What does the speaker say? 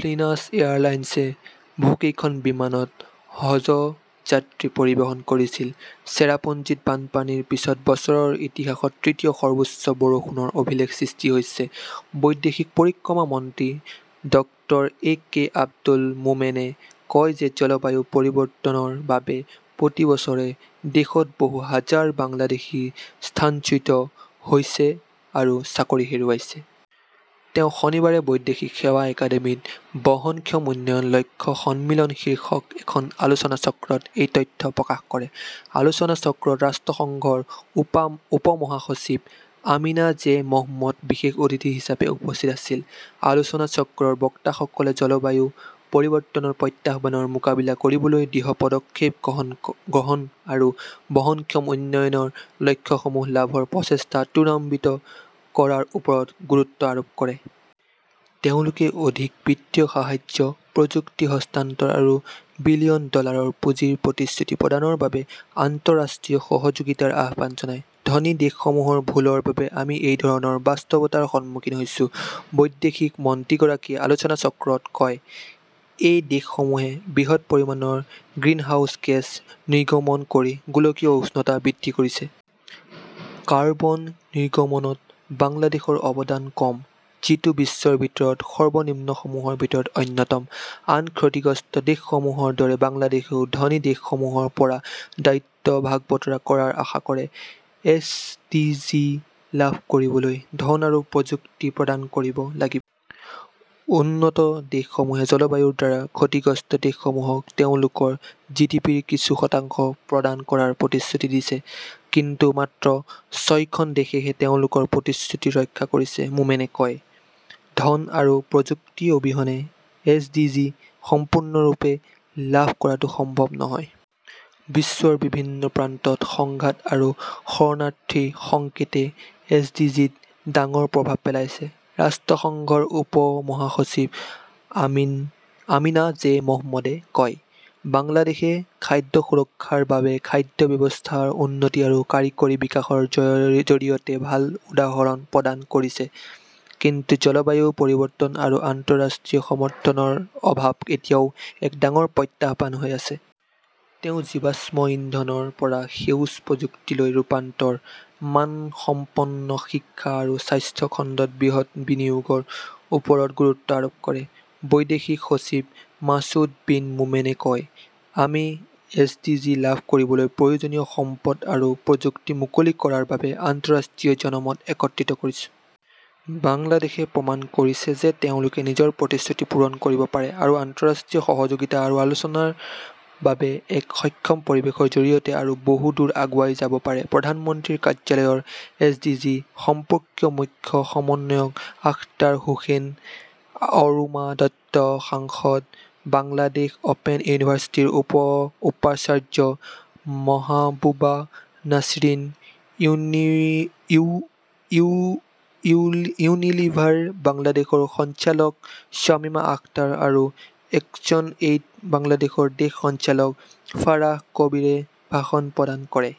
Flynas এয়াৰলাইন্সে বহুকেইখন বিমানত হজযাত্ৰী পৰিবহণ কৰিছিল। চেৰাপুঞ্জীত বানপানীৰ পিছত বছৰৰ ইতিহাসত তৃতীয় সৰ্বোচ্চ বৰষুণৰ অভিলেখ সৃষ্টি হৈছে। বৈদেশিক পৰিক্ৰমা মন্ত্ৰী ডক্টৰ এ. কে. আব্দুল মোমেনে কয় যে জলবায়ু পৰিৱৰ্তনৰ বাবে প্ৰতি বছৰে দেশত বহু হাজাৰ বাংলাদেশী স্থানচ্যুত হৈছে আৰু চাকৰি হেৰুৱাইছে। তেওঁ শনিবাৰে বৈদেশিক সেৱা একাডেমীত বহনক্ষম উন্নয়ন লক্ষ্য সন্মিলন শীৰ্ষক এখন আলোচনাচক্ৰত এই তথ্য প্ৰকাশ কৰে। আলোচনাচক্ৰত ৰাষ্ট্ৰসংঘৰ উপ-মহাসচিব আমিনা জে. মহম্মদ বিশেষ অতিথি হিচাপে উপস্থিত আছিল। আলোচনাচক্ৰৰ বক্তাসকলে জলবায়ু পৰিৱৰ্তনৰ প্ৰত্যাহ্বানৰ মোকাবিলা কৰিবলৈ দৃঢ় পদক্ষেপ গ্ৰহণ আৰু বহনক্ষম উন্নয়ন লক্ষ্যসমূহ লাভৰ প্ৰচেষ্টা ত্বৰান্বিত কৰাৰ ওপৰত গুৰুত্ব আৰোপ কৰে। তেওঁলোকে অধিক বিত্তীয় সাহায্য, প্ৰযুক্তি হস্তান্তৰ আৰু বিলিয়ন ডলাৰৰ পুঁজিৰ প্ৰতিশ্ৰুতি প্ৰদানৰ বাবে আন্তঃৰাষ্ট্ৰীয় সহযোগিতাৰ আহ্বান জনায়। ধনী দেশসমূহৰ ভুলৰ বাবে আমি এই ধৰণৰ বাস্তৱতাৰ সন্মুখীন হৈছো, বৈদেশিক মন্ত্ৰীগৰাকীয়ে আলোচনাচক্ৰত কয়। এই দেশসমূহে বৃহৎ পৰিমাণৰ গ্ৰিনহাউছ গেছ নিৰ্গমন কৰি গোলকীয় উষ্ণতা বৃদ্ধি কৰিছে। কাৰ্বন নিৰ্গমনত বাংলাদেশৰ অৱদান কম, যিটো বিশ্বৰ ভিতৰত সৰ্বনিম্নসমূহৰ ভিতৰত অন্যতম। আন ক্ষতিগ্ৰস্ত দেশসমূহৰ দৰে বাংলাদেশেও ধনী দেশসমূহৰ পৰা দায়িত্ব ভাগ-বতৰা কৰাৰ আশা কৰে। এছডিজি লাভ কৰিবলৈ ধন আৰু প্ৰযুক্তি প্ৰদান কৰিব লাগিব। উন্নত দেশসমূহে জলবায়ুৰ দ্বাৰা ক্ষতিগ্ৰস্ত দেশসমূহক তেওঁলোকৰ জিডিপিৰ কিছু শতাংশ প্ৰদান কৰাৰ প্ৰতিশ্ৰুতি দিছে, কিন্তু মাত্ৰ ছয়খন দেশেহে তেওঁলোকৰ প্ৰতিশ্ৰুতি ৰক্ষা কৰিছে, মোমেনে কয়। ধন আৰু প্ৰযুক্তি অবিহনে এছডিজি সম্পূৰ্ণৰূপে লাভ কৰাটো সম্ভৱ নহয়। বিশ্বৰ বিভিন্ন প্ৰান্তত সংঘাত আৰু শৰণাৰ্থী সংকটে এছডিজিত ডাঙৰ প্ৰভাৱ পেলাইছে, ৰাষ্ট্ৰসংঘৰ উপ-মহাসচিব আমিনা জে. মহম্মদে কয়। বাংলাদেশে খাদ্য সুৰক্ষাৰ বাবে খাদ্য ব্যৱস্থাৰ উন্নতি আৰু কাৰিকৰী বিকাশৰ জৰিয়তে ভাল উদাহৰণ প্ৰদান কৰিছে। কিন্তু জলবায়ু পৰিৱৰ্তন আৰু আন্তঃৰাষ্ট্ৰীয় সমৰ্থনৰ অভাৱ এতিয়াও এক ডাঙৰ প্ৰত্যাহ্বান হৈ আছে। তেওঁ জীৱাশ্ম ইন্ধনৰ পৰা সেউজ প্ৰযুক্তিলৈ ৰূপান্তৰ, মানসম্পন্ন শিক্ষা আৰু স্বাস্থ্য খণ্ডত বৃহৎ বিনিয়োগৰ ওপৰত গুৰুত্ব আৰোপ কৰে। বৈদেশিক সচিব মাসুদ বিন মোমেনে কয়, আমি এছডিজি লাভ কৰিবলৈ প্ৰয়োজনীয় সম্পদ আৰু প্ৰযুক্তি মুকলি কৰাৰ বাবে আন্তঃৰাষ্ট্ৰীয় জনমত একত্ৰিত কৰিছো। বাংলাদেশে প্ৰমাণ কৰিছে যে তেওঁলোকে নিজৰ প্ৰতিশ্ৰুতি পূৰণ কৰিব পাৰে আৰু আন্তঃৰাষ্ট্ৰীয় সহযোগিতা আৰু আলোচনাৰ বাবে এক সক্ষম পৰিৱেশৰ জৰিয়তে আৰু বহু দূৰ আগুৱাই যাব পাৰে। প্ৰধানমন্ত্ৰীৰ কাৰ্যালয়ৰ এছডিজি সম্পৰ্কীয় মুখ্য সমন্বয়ক আখতাৰ হোসেন, অৰোমা দত্ত সাংসদ, বাংলাদেশ অপেন ইউনিভাৰ্চিটিৰ উপ-উপাচাৰ্য মহাবুবা নাছিৰিন, ইউনিলিভাৰ বাংলাদেশৰ সঞ্চালক শ্বামিমা আখতাৰ আৰু একশ্যনএইড বাংলাদেশৰ দেশ সঞ্চালক ফাৰাহ কবীৰে ভাষণ প্ৰদান কৰে।